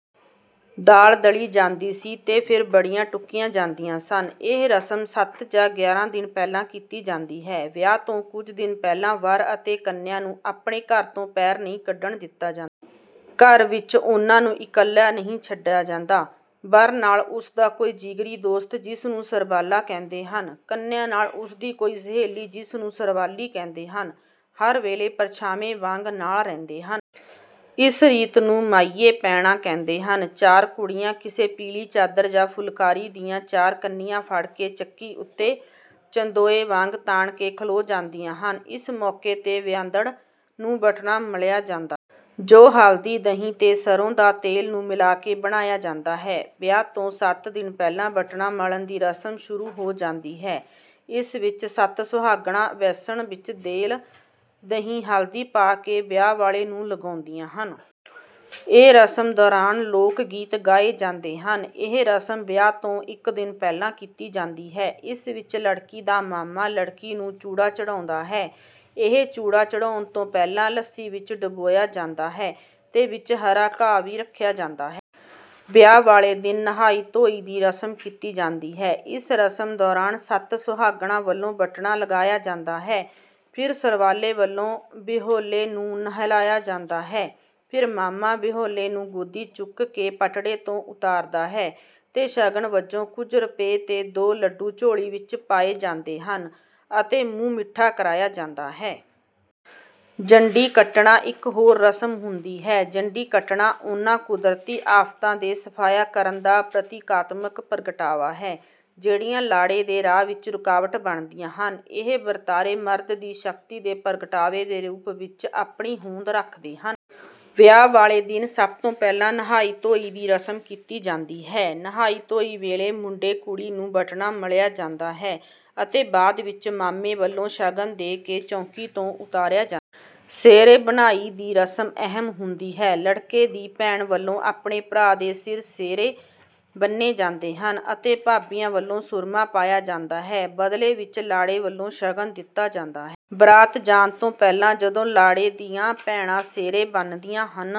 ਦਾਲ ਦਲੀ ਜਾਂਦੀ ਸੀ ਤੇ ਫਿਰ ਵੜੀਆਂ ਟੁੱਕੀਆਂ ਜਾਂਦੀਆਂ ਸਨ। ਇਹ ਰਸਮ ਸੱਤ ਜਾਂ ਗਿਆਰਾਂ ਦਿਨ ਪਹਿਲਾਂ ਕੀਤੀ ਜਾਂਦੀ ਹੈ। ਵਿਆਹ ਤੋਂ ਕੁਝ ਦਿਨ ਪਹਿਲਾਂ ਵਰ ਅਤੇ ਕੰਨਿਆ ਨੂੰ ਆਪਣੇ ਘਰ ਤੋਂ ਪੈਰ ਨਹੀਂ ਕੱਢਣ ਦਿੱਤਾ ਜਾਂਦਾ। ਘਰ ਵਿੱਚ ਉਹਨਾਂ ਨੂੰ ਇਕੱਲਾ ਨਹੀਂ ਛੱਡਿਆ ਜਾਂਦਾ। ਵਰ ਨਾਲ ਉਸਦਾ ਕੋਈ ਜਿਗਰੀ ਦੋਸਤ ਜਿਸਨੂੰ ਸਰਬਾਲਾ ਕਹਿੰਦੇ ਹਨ। ਕੰਨਿਆ ਨਾਲ ਉਸਦੀ ਕੋਈ ਸਹੇਲੀ ਜਿਸਨੂੰ ਸਰਵਾਲੀ ਕਹਿੰਦੇ ਹਨ। ਹਰ ਵੇਲੇ ਪਰਛਾਵੇ ਵਾਂਗ ਨਾਲ ਰਹਿੰਦੇ ਹਨ। ਇਸ ਰੀਤ ਨੂੰ ਮਾਈਏ ਪੈਣਾ ਕਹਿੰਦੇ ਹਨ। ਚਾਰ ਕੁੜੀਆਂ ਕਿਸੇ ਪੀਲੀ ਚਾਦਰ ਜਾਂ ਫੁਲਕਾਰੀ ਦੀਆਂ ਚਾਰ ਕੰਨੀਆਂ ਫੜ ਕੇ ਚੱਕੀ ਉੱਤੇ ਚੰਦੋਏ ਵਾਂਗ ਤਾਣ ਕੇ ਖਲੋ ਜਾਂਦੀਆਂ ਹਨ। ਇਸ ਮੌਕੇ ਤੇ ਵਿਆਹਦੜ ਨੂੰ ਵਟਣਾ ਮਲਿਆ ਜਾਂਦਾ ਹੈ। ਜੋ ਹਲਦੀ ਦਹੀ ਤੇ ਸਰੋਂ ਦਾ ਤੇਲ ਨੂੰ ਮਿਲਾ ਕੇ ਬਣਾਇਆ ਜਾਂਦਾ ਹੈ। ਵਿਆਹ ਤੋਂ ਸੱਤ ਦਿਨ ਪਹਿਲਾਂ ਵੱਟਣਾ ਮਲਣ ਦੀ ਰਸਮ ਸ਼ੁਰੂ ਹੋ ਜਾਂਦੀ ਹੈ। ਇਸ ਵਿੱਚ ਸੱਤ ਸੁਹਾਗਣਾਂ ਵੈਸਣ ਵਿੱਚ ਤੇਲ ਦਹੀ ਹਲਦੀ ਪਾ ਕੇ ਵਿਆਹ ਵਾਲੇ ਨੂੰ ਲਗਾਉਂਦੀਆਂ ਹਨ। ਇਹ ਰਸਮ ਦੌਰਾਨ ਲੋਕ ਗੀਤ ਗਾਏ ਜਾਂਦੇ ਹਨ। ਇਹ ਰਸਮ ਵਿਆਹ ਤੋਂ ਇੱਕ ਦਿਨ ਪਹਿਲਾਂ ਕੀਤੀ ਜਾਂਦੀ ਹੈ। ਇਸ ਵਿੱਚ ਲੜਕੀ ਦਾ ਮਾਮਾ ਲੜਕੀ ਨੂੰ ਚੂੜਾ ਚੜਾਉਂਦਾ ਹੈ। ਇਹ ਚੂੜਾ ਚੜਾਉਣ ਤੋਂ ਪਹਿਲਾਂ ਲੱਸੀ ਵਿੱਚ ਡੁਬੋਇਆ ਜਾਂਦਾ ਹੈ ਤੇ ਵਿੱਚ ਹਰਾ ਘਾਹ ਵੀ ਰੱਖਿਆ ਜਾਂਦਾ ਹੈ। ਵਿਆਹ ਵਾਲੇ ਦਿਨ ਨਹਾਈ ਧੋਈ ਦੀ ਰਸਮ ਕੀਤੀ ਜਾਂਦੀ ਹੈ। ਇਸ ਰਸਮ ਦੌਰਾਨ ਸੱਤ ਸੁਹਾਗਣਾਂ ਵੱਲੋਂ ਵੱਟਣਾ ਲਗਾਇਆ ਜਾਂਦਾ ਹੈ ਫਿਰ ਸਰਬਾਲੇ ਵੱਲੋਂ ਵਿਹੋਲੇ ਨੂੰ ਨਹਲਾਇਆ ਜਾਂਦਾ ਹੈ। ਫਿਰ ਮਾਮਾ ਵਿਹੋਲੇ ਨੂੰ ਗੋਦੀ ਚੁੱਕ ਕੇ ਪਟੜੇ ਤੋਂ ਉਤਾਰਦਾ ਹੈ ਤੇ ਸ਼ਗਨ ਵਜੋਂ ਕੁੱਝ ਰੁਪਏ ਤੇ ਦੋ ਲੱਡੂ ਝੋਲੀ ਵਿੱਚ ਪਾਏ ਜਾਂਦੇ ਹਨ ਅਤੇ ਮੂੰਹ ਮਿੱਠਾ ਕਰਾਇਆ ਜਾਂਦਾ ਹੈ। ਜੰਡੀ ਕੱਟਣਾ ਇੱਕ ਹੋਰ ਰਸਮ ਹੁੰਦੀ ਹੈ। ਜੰਡੀ ਕੱਟਣਾ ਉਹਨਾਂ ਕੁਦਰਤੀ ਆਫਤਾਂ ਦੇ ਸਫਾਇਆ ਕਰਨ ਦਾ ਪ੍ਰਤੀਕਾਤਮਕ ਪ੍ਰਗਟਾਵਾ ਹੈ ਜਿਹੜੀਆਂ ਲਾੜੇ ਦੇ ਰਾਹ ਵਿੱਚ ਰੁਕਾਵਟ ਬਣਦੀਆਂ ਹਨ। ਇਹ ਵਰਤਾਰੇ ਮਰਦ ਦੀ ਸ਼ਕਤੀ ਦੇ ਪ੍ਰਗਟਾਵੇ ਦੇ ਰੂਪ ਵਿੱਚ ਆਪਣੀ ਹੋਂਦ ਰੱਖਦੇ ਹਨ। ਵਿਆਹ ਵਾਲੇ ਦਿਨ ਸਭ ਤੋਂ ਪਹਿਲਾਂ ਨਹਾਈ ਧੋਈ ਦੀ ਰਸਮ ਕੀਤੀ ਜਾਂਦੀ ਹੈ। ਨਹਾਈ ਧੋਈ ਵੇਲੇ ਮੁੰਡੇ ਕੁੜੀ ਨੂੰ ਵਟਣਾ ਮਲਿਆ ਜਾਂਦਾ ਹੈ ਅਤੇ ਬਾਅਦ ਵਿੱਚ ਮਾਮੇ ਵੱਲੋਂ ਸ਼ਗਨ ਦੇ ਕੇ ਚੌਂਕੀ ਤੋਂ ਉਤਾਰਿਆ ਜਾਂਦਾ ਹੈ। ਸਿਹਰੇ ਬੰਨ੍ਹਾਈ ਦੀ ਰਸਮ ਅਹਿਮ ਹੁੰਦੀ ਹੈ। ਲੜਕੇ ਦੀ ਭੈਣ ਵੱਲੋਂ ਆਪਣੇ ਭਰਾ ਦੇ ਸਿਰ ਸਿਹਰੇ ਬੰਨ੍ਹੇ ਜਾਂਦੇ ਹਨ ਅਤੇ ਭਾਬੀਆਂ ਵੱਲੋਂ ਸੁਰਮਾ ਪਾਇਆ ਜਾਂਦਾ ਹੈ। ਬਦਲੇ ਵਿੱਚ ਲਾੜੇ ਵੱਲੋਂ ਸ਼ਗਨ ਦਿੱਤਾ ਜਾਂਦਾ ਹੈ। ਬਰਾਤ ਜਾਣ ਤੋਂ ਪਹਿਲਾਂ ਜਦੋਂ ਲਾੜੇ ਦੀਆਂ ਭੈਣਾਂ ਸਿਹਰੇ ਬੰਨ੍ਹਦੀਆਂ ਹਨ